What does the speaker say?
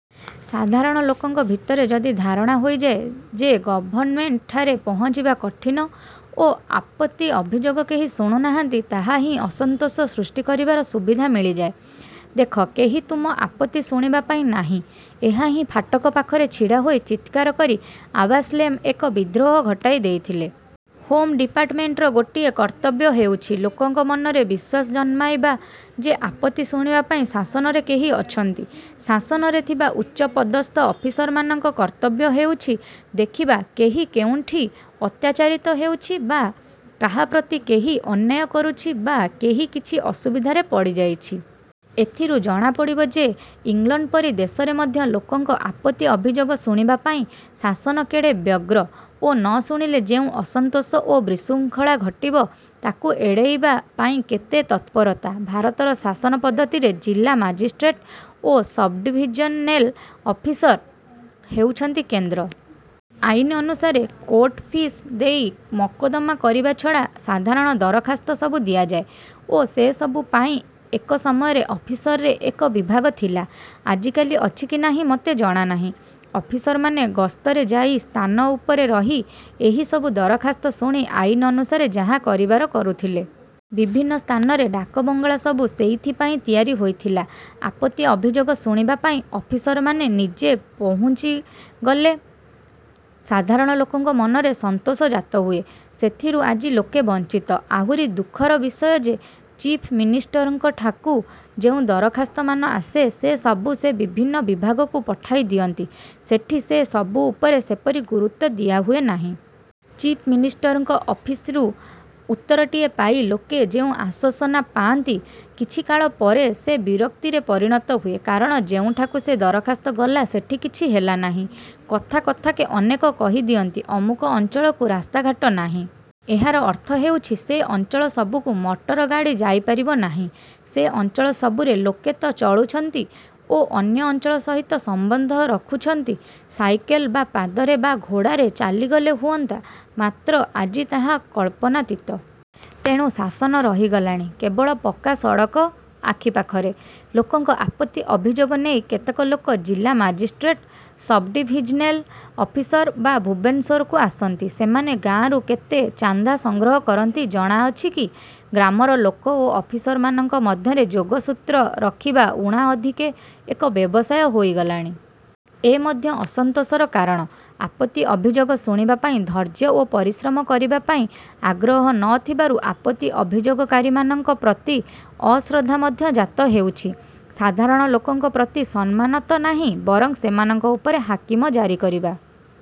ସାଧାରଣ ଲୋକଙ୍କ ଭିତରେ ଯଦି ଧାରଣା ହୋଇଯାଏ ଯେ ଗଭର୍ଣ୍ଣମେଣ୍ଟଠାରେ ପହଞ୍ଚିବା କଠିନ ଓ ଆପତ୍ତି ଅଭିଯୋଗ କେହି ଶୁଣୁ ନାହାନ୍ତି, ତାହା ହିଁ ଅସନ୍ତୋଷ ସୃଷ୍ଟି କରିବାର ସୁବିଧା ମିଳିଯାଏ। ''ଦେଖ, କେହି ତୁମ ଆପତ୍ତି ଶୁଣିବା ପାଇଁ ନାହିଁ। '' ଏହାହିଁ ଫାଟକ ପାଖରେ ଛିଡ଼ାହୋଇ ଚିତ୍କାର କରି ଆବ୍ସାଲେମ ଏକ ବିଦ୍ରୋହ ଘଟାଇ ଦେଇଥିଲେ। ହୋମ୍ ଡିପାର୍ଟମେଣ୍ଟର ଗୋଟିଏ କର୍ତ୍ତବ୍ୟ ହେଉଛି, ଲୋକଙ୍କ ମନରେ ବିଶ୍ୱାସ ଜନ୍ମାଇବା ଯେ ଆପତ୍ତି ଶୁଣିବା ପାଇଁ ଶାସନରେ କେହି ଅଛନ୍ତି। ଶାସନରେ ଥିବା ଉଚ୍ଚପଦସ୍ଥ ଅଫିସରମାନଙ୍କ କର୍ତ୍ତବ୍ୟ ହେଉଛି ଦେଖିବା କେହି କେଉଁଠି ଅତ୍ୟାଚାରିତ ହେଉଛି ବା କାହା ପ୍ରତି କେହି ଅନ୍ୟାୟ କରୁଛି ବା କେହି କିଛି ଅସୁବିଧାରେ ପଡ଼ିଯାଇଛି। ଏଥିରୁ ଜଣାପଡ଼ିବ ଯେ ଇଂଲଣ୍ଡ ପରି ଦେଶରେ ମଧ୍ୟ ଲୋକଙ୍କ ଆପତ୍ତି ଅଭିଯୋଗ ଶୁଣିବା ପାଇଁ ଶାସନ କେଡ଼େ ବ୍ୟଗ୍ର ଓ ନ ଶୁଣିଲେ ଯେଉଁ ଅସନ୍ତୋଷ ଓ ବିଶୃଙ୍ଖଳା ଘଟିବ; ତାକୁ ଏଡ଼େଇବା ପାଇଁ କେତେ ତତ୍ପରତା। ଭାରତର ଶାସନ ପଦ୍ଧତିରେ ଜିଲ୍ଲା ମାଜିଷ୍ଟ୍ରେଟ ଓ ସବ୍ଡ଼ିଭିଜନେଲ ଅଫିସର ହେଉଛନ୍ତି କେନ୍ଦ୍ର। ଆଇନ ଅନୁସାରେ କୋର୍ଟଫିସ ଦେଇ ମୋକଦ୍ଦମା କରିବା ଛଡ଼ା ସାଧାରଣ ଦରଖାସ୍ତ ସବୁ ଦିଆଯାଏ ଓ ସେ ସବୁ ପାଇଁ ଏକ ସମୟରେ ଅଫିସରରେ ଏକ ବିଭାଗ ଥିଲା। ଆଜିକାଲି ଅଛି କି ନାହିଁ ମୋତେ ଜଣାନାହିଁ। ଅଫିସରମାନେ ଗସ୍ତରେ ଯାଇ ସ୍ଥାନ ଉପରେ ରହି ଏହି ସବୁ ଦରଖାସ୍ତ ଶୁଣି ଆଇନ ଅନୁସାରେ ଯାହା କରିବାର କରୁଥିଲେ। ବିଭିନ୍ନ ସ୍ଥାନରେ ଡାକବଙ୍ଗଳା ସବୁ ସେଇଥିପାଇଁ ତିଆରି ହୋଇଥିଲା। ଆପତ୍ତି ଅଭିଯୋଗ ଶୁଣିବା ପାଇଁ ଅଫିସରମାନେ ନିଜେ ପହୁଞ୍ଚିଗଲେ ସାଧାରଣ ଲୋକଙ୍କ ମନରେ ସନ୍ତୋଷ ଜାତ ହୁଏ। ସେଥିରୁ ଆଜି ଲୋକେ ବଞ୍ଚିତ। ଆହୁରି ଦୁଃଖର ବିଷୟ ଯେ ଚିଫ୍ ମିନିଷ୍ଟରଙ୍କଠାକୁ ଯେଉଁ ଦରଖାସ୍ତମାନ ଆସେ ସେ ସବୁ ସେ ବିଭିନ୍ନ ବିଭାଗକୁ ପଠାଇ ଦିଅନ୍ତି, ସେଠି ସେ ସବୁ ଉପରେ ସେପରି ଗୁରୁତ୍ୱ ଦିଆହୁଏ ନାହିଁ। ଚିଫ୍ ମିନିଷ୍ଟରଙ୍କ ଅଫିସରୁ ଉତ୍ତରଟିଏ ପାଇ ଲୋକେ ଯେଉଁ ଆଶ୍ୱାସନା। ପାଆନ୍ତି, କିଛିକାଳ ପରେ ସେ ବିରକ୍ତିରେ ପରିଣତ ହୁଏ; କାରଣ ଯେଉଁଠାକୁ ସେ ଦରଖାସ୍ତ ଗଲା ସେଠି କିଛି ହେଲା ନାହିଁ। କଥା କଥାକେ ଅନେକ କହି ଦିଅନ୍ତି ଅମୁକ ଅଞ୍ଚଳକୁ ରାସ୍ତାଘାଟ ନାହିଁ। ଏହାର ଅର୍ଥ ହେଉଛି ସେ ଅଞ୍ଚଳ ସବୁକୁ ମଟର ଗାଡ଼ି ଯାଇପାରିବ ନାହିଁ। ସେ ଅଞ୍ଚଳ ସବୁରେ ଲୋକେ ତ ଚଳୁଛନ୍ତି ଓ ଅନ୍ୟ ଅଞ୍ଚଳ ସହିତ ସମ୍ବନ୍ଧ ରଖୁଛନ୍ତି। ସାଇକେଲ ବା ପାଦରେ ବା ଘୋଡ଼ାରେ ଚାଲିଗଲେ ହୁଅନ୍ତା; ମାତ୍ର ଆଜି ତାହା କଳ୍ପନାତୀତ। ତେଣୁ ଶାସନ ରହିଗଲାଣି କେବଳ ପକ୍କା ସଡ଼କ ଆଖି ପାଖରେ। ଲୋକଙ୍କ ଆପତ୍ତି ଅଭିଯୋଗ ନେଇ କେତେକ ଲୋକ ଜିଲା ମାଜିଷ୍ଟ୍ରେଟ, ସବଡ଼ିଭିଜନେଲ ଅଫିସର ବା ଭୁବନେଶ୍ୱରକୁ ଆସନ୍ତି, ସେମାନେ ଗାଁରୁ କେତେ ଚାନ୍ଦା ସଂଗ୍ରହ କରନ୍ତି, ଜଣା ଅଛି କି? ଗ୍ରାମର ଲୋକ ଓ ଅଫିସରମାନଙ୍କ ମଧ୍ୟରେ ଯୋଗସୂତ୍ର ରଖିବା ଊଣା ଅଧିକେ ଏକ ବ୍ୟବସାୟ ହୋଇଗଲାଣି। ଏ ମଧ୍ୟ ଅସନ୍ତୋଷର କାରଣ। ଆପତ୍ତି ଅଭିଯୋଗ ଶୁଣିବା ପାଇଁ ଧୈର୍ଯ୍ୟ ଓ ପରିଶ୍ରମ କରିବା ପାଇଁ ଆଗ୍ରହ ନ ଥିବାରୁ ଆପତ୍ତି ଅଭିଯୋଗକାରୀମାନଙ୍କ ପ୍ରତି ଅଶ୍ରଦ୍ଧା ମଧ୍ୟ ଜାତ ହେଉଛି। ସାଧାରଣ ଲୋକଙ୍କ ପ୍ରତି ସମ୍ମାନ ତ ନାହିଁ ବରଂ ସେମାନଙ୍କ ଉପରେ ହାକିମ ଜାରିକରିବା